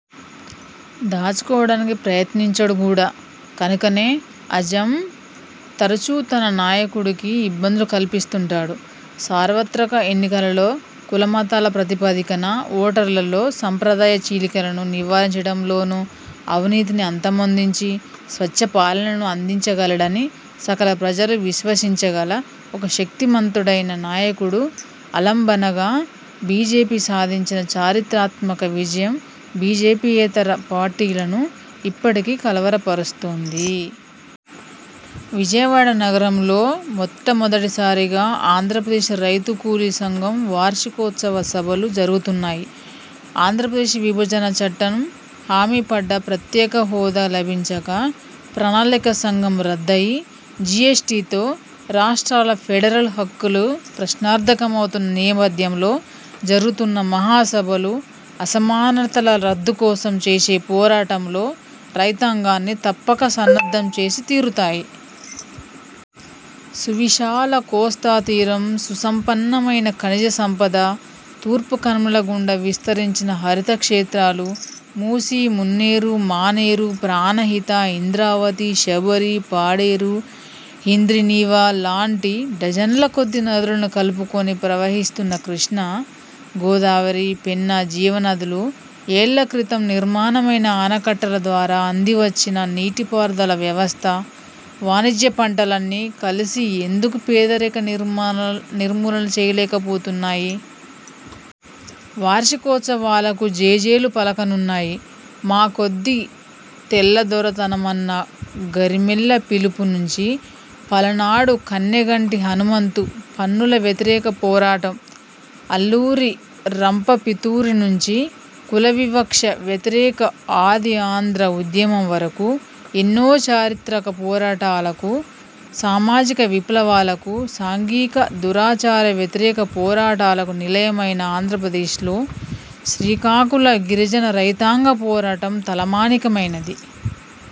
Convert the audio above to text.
దాచుకోవడానికి ప్రయత్నించడు కూడా. కనుకనే అజమ్ తరచూ తన నాయకుడికి ఇబ్బందులు కల్పిస్తుంటాడు. సార్వత్రక ఎన్నికలలో, కులమతాల ప్రాతిపదికన ఓటర్లలో సంప్రదాయ చీలికలను నివారించడంలోనూ, అవినీతిని అంతమొందించి, స్వచ్ఛ పాలనను అందించగలడని సకల ప్రజలు విశ్వసించగల ఒక శక్తిమంతుడైన నాయకుడు ఆలంబనగా బీజేపీ సాధించిన చరిత్రాత్మక విజయం బీజేపీయేతర పార్టీలను ఇప్పటికీ కలవరపరుస్తోంది. విజయవాడ నగరంలో, మొట్టమొదటిసారిగా ఆంధ్రప్రదేశ్ రైతు-కూలి సంఘం వార్షికోత్సవ సభలు జరుగుతున్నాయి. ఆంధ్రప్రదేశ్ విభజన చట్టం హామీపడ్డ ప్రత్యేకహోదా లభించక, ప్రణాళికా సంఘం రద్దయి, జీఎస్టీతో రాష్ట్రాల ఫెడరల్ హక్కులు ప్రశ్నార్థకమవుతున్న నేపథ్యంలో జరుగుతున్న మహాసభలు అసమానతల రద్దుకోసం చేసే పోరాటంలో రైతాంగాన్నీ తప్పక సన్నద్ధం చేసి తీరుతాయి. సువిశాల కోస్తాతీరం, సుసంపన్నమైన ఖనిజ సంపద, తూర్పు కనుమల గుండా విస్తరించిన హరిత క్షేత్రాలు, మూసీ, మున్నేరు, మానేరు, ప్రాణహిత, ఇంద్రావతి, శబరి, పాడేరు, హంద్రీనీవా లాంటి డజన్లకొద్దీ నదులను కలుపుకుని ప్రవహిస్తున్న కృష్ణా-–గోదావరి, పెన్నా జీవనదులు, యేళ్ళ క్రితం నిర్మాణమైన ఆనకట్టల ద్వారా అందివచ్చిన నీటిపారుదల వ్యవస్థ, వాణిజ్య పంటలన్నీ కలిసి ఎందుకు పేదరిక నిర్మూలన చేయలేకపోతున్నాయి? వార్షికోత్సవాలకు జేజేలు పలకనున్నాయి. మాకొద్దీ తెల్లదొరతనమన్న గరిమెళ్ళ పిలుపు నుంచి, పలనాడు కన్నెగంటి హనుమంతు పన్నుల వ్యతిరేక పోరాటం, అల్లూరి రంప పితూరి నుంచి కులవివక్ష వ్యతిరేక ఆదిఆంధ్ర ఉద్యమం వరకు ఎన్నో చారిత్రక పోరాటాలకు, సామాజిక విప్లవాలకు, సాంఘిక దురాచార వ్యతిరేక పోరాటాలకు నిలయమైన ఆంధ్రప్రదేశ్లో శ్రీకాకుళ గిరిజన రైతాంగ పోరాటం తలమానికమైనది.